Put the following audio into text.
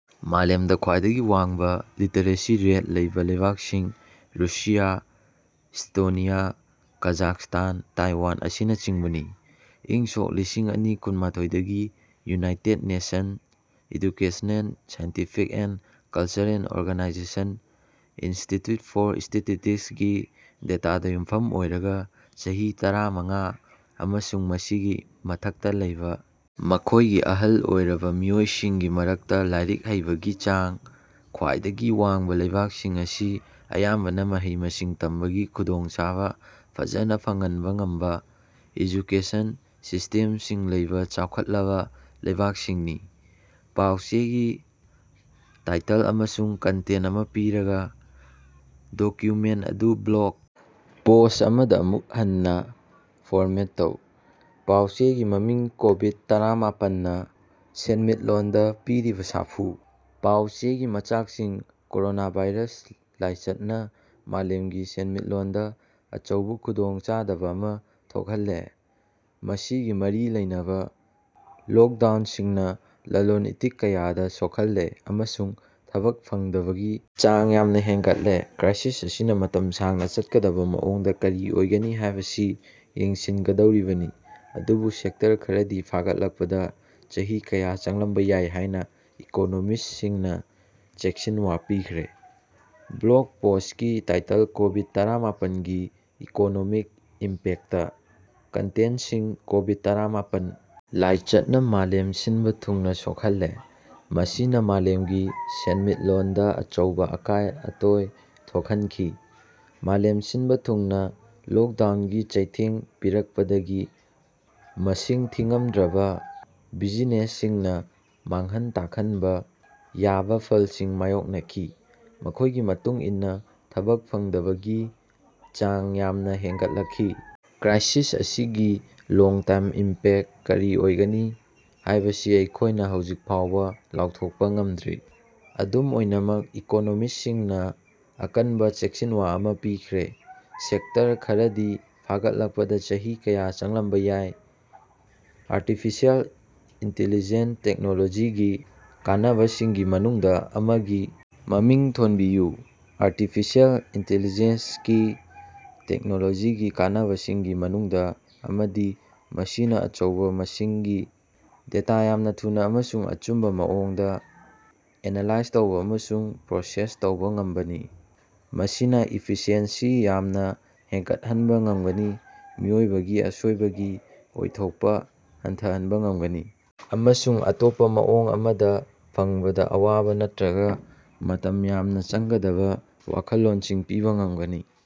ꯃꯥꯂꯦꯝꯗꯥ ꯈ꯭ꯋꯥꯏꯗꯒꯤ ꯋꯥꯡꯕꯥ literacy rate ꯂꯩꯕꯥ ꯂꯩꯕꯥꯛꯁꯤꯡ ꯔꯨꯁꯤꯌꯥ, ꯁ꯭ꯇꯣꯅꯤꯌꯥ, ꯀꯥꯖꯥꯛꯁꯇꯥꯟ, ꯇꯥꯏꯋꯥꯟ ꯑꯁꯤꯟꯆꯤꯡꯕꯁꯤꯡꯅꯤ꯫ ꯏꯪ ꯁꯣꯛ ꯂꯤꯁꯤꯡꯑꯅꯤ ꯀꯨꯟꯃꯊꯣꯏꯗꯒꯤ United Nations Educational Scientific and Cultural Organization Institute for ꯁ꯭ꯇꯦꯇꯤꯁꯇꯤꯛꯁꯒꯤ ꯗꯦꯇꯥꯗꯥ ꯌꯨꯝꯐꯝ ꯑꯣꯏꯔꯒꯥ, ꯆꯍꯤ ꯇꯔꯥꯃꯉꯥ ꯑꯃꯁꯨꯡ ꯃꯁꯤꯒꯤ ꯃꯊꯛꯇꯥ ꯂꯩꯕꯥ ꯃꯈꯣꯏꯒꯤ ꯑꯍꯜ ꯑꯣꯏꯔꯕꯥ ꯃꯤꯑꯣꯏꯁꯤꯡꯒꯤ ꯃꯔꯛꯇꯥ ꯂꯥꯏꯔꯤꯛ ꯍꯩꯕꯒꯤ ꯆꯥꯡ ꯈ꯭ꯋꯥꯏꯗꯒꯤ ꯋꯥꯡꯕꯥ ꯂꯩꯕꯥꯛꯁꯤꯡ ꯑꯁꯤ ꯑꯌꯥꯝꯕꯅꯥ ꯃꯍꯩ-ꯃꯁꯤꯡ ꯇꯝꯕꯒꯤ ꯈꯨꯗꯣꯡꯆꯥꯕꯥ ꯐꯖꯅꯥ ꯐꯪꯍꯟꯕꯥ ꯉꯝꯕꯥ ꯑꯦꯖꯨꯀꯦꯁꯟ ꯁꯤꯁꯇꯦꯝꯁꯤꯡ ꯂꯩꯕꯥ ꯆꯥꯎꯈꯠꯂꯕꯥ ꯂꯩꯕꯥꯛꯁꯤꯡꯅꯤ꯫ ꯄꯥꯎ-ꯆꯦꯒꯤ ꯇꯥꯏꯇꯜ ꯑꯃꯁꯨꯡ ꯀꯟꯇꯦꯟꯇ ꯑꯃꯥ ꯄꯤꯔꯒꯥ, ꯗꯣꯀ꯭ꯌꯨꯃꯦꯟꯇ ꯑꯗꯨ ꯕ꯭ꯂꯣꯛ ꯄꯣꯁ ꯑꯃꯗꯥ ꯑꯃꯨꯛ ꯍꯟꯅꯥ ꯐꯣꯔꯃꯦꯠ ꯇꯧ꯫ ꯄꯥꯎ-ꯆꯦꯒꯤ ꯃꯃꯤꯡ ꯀꯣꯕꯤꯗ-ꯇꯔꯥꯃꯥꯄꯟꯅꯥ ꯁꯦꯟꯃꯤꯠꯂꯣꯟꯗꯥ ꯄꯤꯔꯤꯕꯥ ꯁꯥꯐꯨ꯫ ꯄꯥꯎ-ꯆꯦꯒꯤ ꯃꯆꯥꯛꯁꯤꯡ ꯀꯣꯔꯣꯅꯥꯚꯥꯏꯔꯁ ꯂꯥꯏꯆꯠꯅꯥ ꯃꯥꯂꯦꯝꯒꯤ ꯁꯦꯟꯃꯤꯠꯂꯣꯟꯗꯥ ꯑꯆꯧꯕꯥ ꯈꯨꯗꯣꯡꯆꯥꯗꯕꯥ ꯑꯃꯥ ꯊꯣꯛꯍꯜꯂꯦ – ꯃꯁꯤꯒꯥ ꯃꯔꯤ ꯂꯩꯅꯕꯥ ꯂꯣꯛꯗꯥꯎꯟꯁꯤꯡꯅꯥ ꯂꯂꯣꯟ-ꯏꯇꯤꯛ ꯀꯌꯥꯗꯥ ꯁꯣꯛꯍꯜꯂꯦ, ꯑꯃꯁꯨꯡ ꯊꯕꯛ ꯐꯪꯗꯕꯒꯤ ꯆꯥꯡ ꯌꯥꯝꯅꯥ ꯍꯦꯟꯒꯠꯂꯦ꯫ ꯀ꯭ꯔꯥꯏꯁꯤꯁ ꯑꯁꯤꯅꯥ ꯃꯇꯝ ꯁꯥꯡꯅꯥ ꯆꯠꯀꯗꯕꯥ ꯃꯑꯣꯡꯗꯥ ꯀꯔꯤ ꯑꯣꯏꯒꯅꯤ ꯍꯥꯏꯕꯁꯤ ꯌꯦꯡꯁꯤꯟꯒꯗꯧꯔꯤꯕꯅꯤ, ꯑꯗꯨꯕꯨ ꯁꯦꯛꯇꯔ ꯈꯔꯗꯤ ꯐꯥꯒꯠꯂꯛꯄꯗꯥ ꯆꯍꯤ ꯀꯌꯥ ꯆꯪꯂꯝꯕꯥ ꯌꯥꯏ ꯍꯥꯏꯅꯥ ꯏꯀꯣꯅꯣꯃꯤꯁꯁꯤꯡꯅꯥ ꯆꯦꯛꯁꯤꯟꯋꯥ ꯄꯤꯈ꯭ꯔꯦ꯫ ꯕ꯭ꯂꯣꯒ ꯄꯣꯁ꯭ꯠꯀꯤ ꯇꯥꯏꯇꯜ ꯀꯣꯕꯤꯠ-ꯇꯔꯥꯃꯥꯄꯟꯒꯤ ꯏꯀꯣꯅꯣꯃꯤꯛ ꯏꯝꯄꯦꯛꯇ꯫ ꯀꯟꯇꯦꯟꯁꯤꯡ ꯀꯣꯕꯤꯠ-ꯇꯔꯥꯃꯥꯄꯟ ꯂꯥꯏꯆꯠꯅꯥ ꯃꯥꯂꯦꯝ ꯁꯤꯟꯕꯥ ꯊꯨꯡꯅꯥ ꯁꯣꯛꯍꯜꯂꯦ, ꯃꯁꯤꯅꯥ ꯃꯥꯂꯦꯝꯒꯤ ꯁꯦꯟꯃꯤꯠꯂꯣꯟꯗꯥ ꯑꯆꯧꯕꯥ ꯑꯀꯥꯏ-ꯑꯇꯣꯏ ꯊꯣꯛꯍꯟꯈꯤ꯫ ꯃꯥꯂꯦꯝ ꯁꯤꯟꯕꯥ ꯊꯨꯡꯅꯥ ꯂꯣꯛꯗꯥꯎꯟꯒꯤ ꯆꯩꯊꯦꯡ ꯄꯤꯔꯛꯄꯗꯒꯤ ꯃꯁꯤꯡ ꯊꯤꯉꯝꯗ꯭ꯔꯕꯥ ꯕꯤꯖꯤꯅꯦꯁꯁꯤꯡꯅꯥ ꯃꯥꯡꯍꯟ ꯇꯥꯛꯍꯟꯕꯥ ꯌꯥꯕꯥ ꯐꯜꯁꯤꯡ ꯃꯥꯌꯣꯛꯅꯈꯤ, ꯃꯈꯣꯏꯒꯤ ꯃꯇꯨꯡ ꯏꯟꯅꯥ ꯊꯕꯛ ꯐꯪꯗꯕꯒꯤ ꯆꯥꯡ ꯌꯥꯝꯅꯥ ꯍꯦꯟꯒꯠꯂꯛꯈꯤ꯫ ꯀ꯭ꯔꯥꯏꯁꯤꯁ ꯑꯁꯤꯒꯤ ꯂꯣꯡ ꯇꯥꯝ ꯏꯝꯄꯦꯛ ꯀꯔꯤ ꯑꯣꯏꯒꯅꯤ ꯍꯥꯏꯕꯁꯤ ꯑꯩꯈꯣꯏꯅꯥ ꯍꯧꯖꯤꯛ ꯐꯥꯎꯕꯥ ꯂꯥꯎꯊꯣꯛꯄꯥ ꯉꯝꯗ꯭ꯔꯤ꯫ ꯑꯗꯨꯝ ꯑꯣꯏꯅꯃꯛ ꯏꯀꯣꯅꯣꯃꯤꯁꯁꯤꯡꯅꯥ ꯑꯀꯟꯕꯥ ꯆꯦꯛꯁꯤꯟꯋꯥ ꯑꯃꯥ ꯄꯤꯈ꯭ꯔꯦ꯫ ꯁꯦꯛꯇꯔ ꯈꯔꯗꯤ ꯐꯒꯠꯂꯛꯄꯗꯥ ꯆꯍꯤ ꯀꯌꯥ ꯆꯪꯂꯝꯕꯥ ꯌꯥꯏ꯫ ꯑꯔꯇꯤꯐꯤꯁꯦꯜ ꯏꯟꯇꯤꯂꯤꯖꯦꯟ ꯇꯦꯛꯅꯣꯂꯣꯖꯤꯒꯤ ꯀꯥꯟꯅꯕꯁꯤꯡꯒꯤ ꯃꯅꯨꯡꯗꯥ ꯑꯃꯒꯤ ꯃꯃꯤꯡ ꯊꯣꯟꯕꯤꯌꯨ꯫ ꯑꯔꯇꯤꯐꯤꯁꯦꯜ ꯏꯟꯇꯤꯂꯤꯖꯦꯟꯁꯒꯤ ꯇꯦꯛꯅꯣꯂꯣꯖꯤꯒꯤ ꯀꯥꯟꯅꯕꯁꯤꯡꯒꯤ ꯃꯅꯨꯡꯗꯥ ꯑꯃꯗꯤ ꯃꯁꯤꯅꯥ ꯑꯆꯧꯕꯥ ꯃꯁꯤꯡꯒꯤ ꯗꯦꯇꯥ ꯌꯥꯝꯅꯥ ꯊꯨꯅꯥ ꯑꯃꯁꯨꯡ ꯑꯆꯨꯝꯕꯥ ꯃꯑꯣꯡꯗꯥ ꯑꯦꯅꯥꯂꯥꯏꯖ ꯇꯧꯕꯥ ꯑꯃꯁꯨꯡ ꯄ꯭ꯔꯣꯁꯦꯁ ꯇꯧꯕꯥ ꯉꯝꯕꯅꯤ꯫ ꯃꯁꯤꯅꯥ ꯏꯐꯤꯁꯤꯑꯦꯟꯁꯤ ꯌꯥꯝꯅꯥ ꯍꯦꯟꯒꯠꯍꯟꯕꯥ ꯉꯝꯒꯅꯤ, ꯃꯤꯑꯣꯏꯕꯒꯤ ꯑꯁꯣꯏꯕꯒꯤ ꯑꯣꯏꯊꯣꯛꯄꯥ ꯍꯟꯊꯍꯟꯕꯥ ꯉꯝꯒꯅꯤ ꯑꯃꯁꯨꯡ ꯑꯇꯣꯞꯄꯥ ꯃꯑꯣꯡ ꯑꯃꯗꯥ ꯐꯪꯕꯗꯥ ꯑꯋꯥꯕꯥ ꯅꯠꯇ꯭ꯔꯒꯥ ꯃꯇꯝ ꯌꯥꯝꯅꯥ ꯆꯪꯒꯗꯕꯥ ꯋꯥꯈꯜꯂꯣꯟꯁꯤꯡ ꯄꯤꯕꯥ ꯉꯝꯒꯅꯤ꯫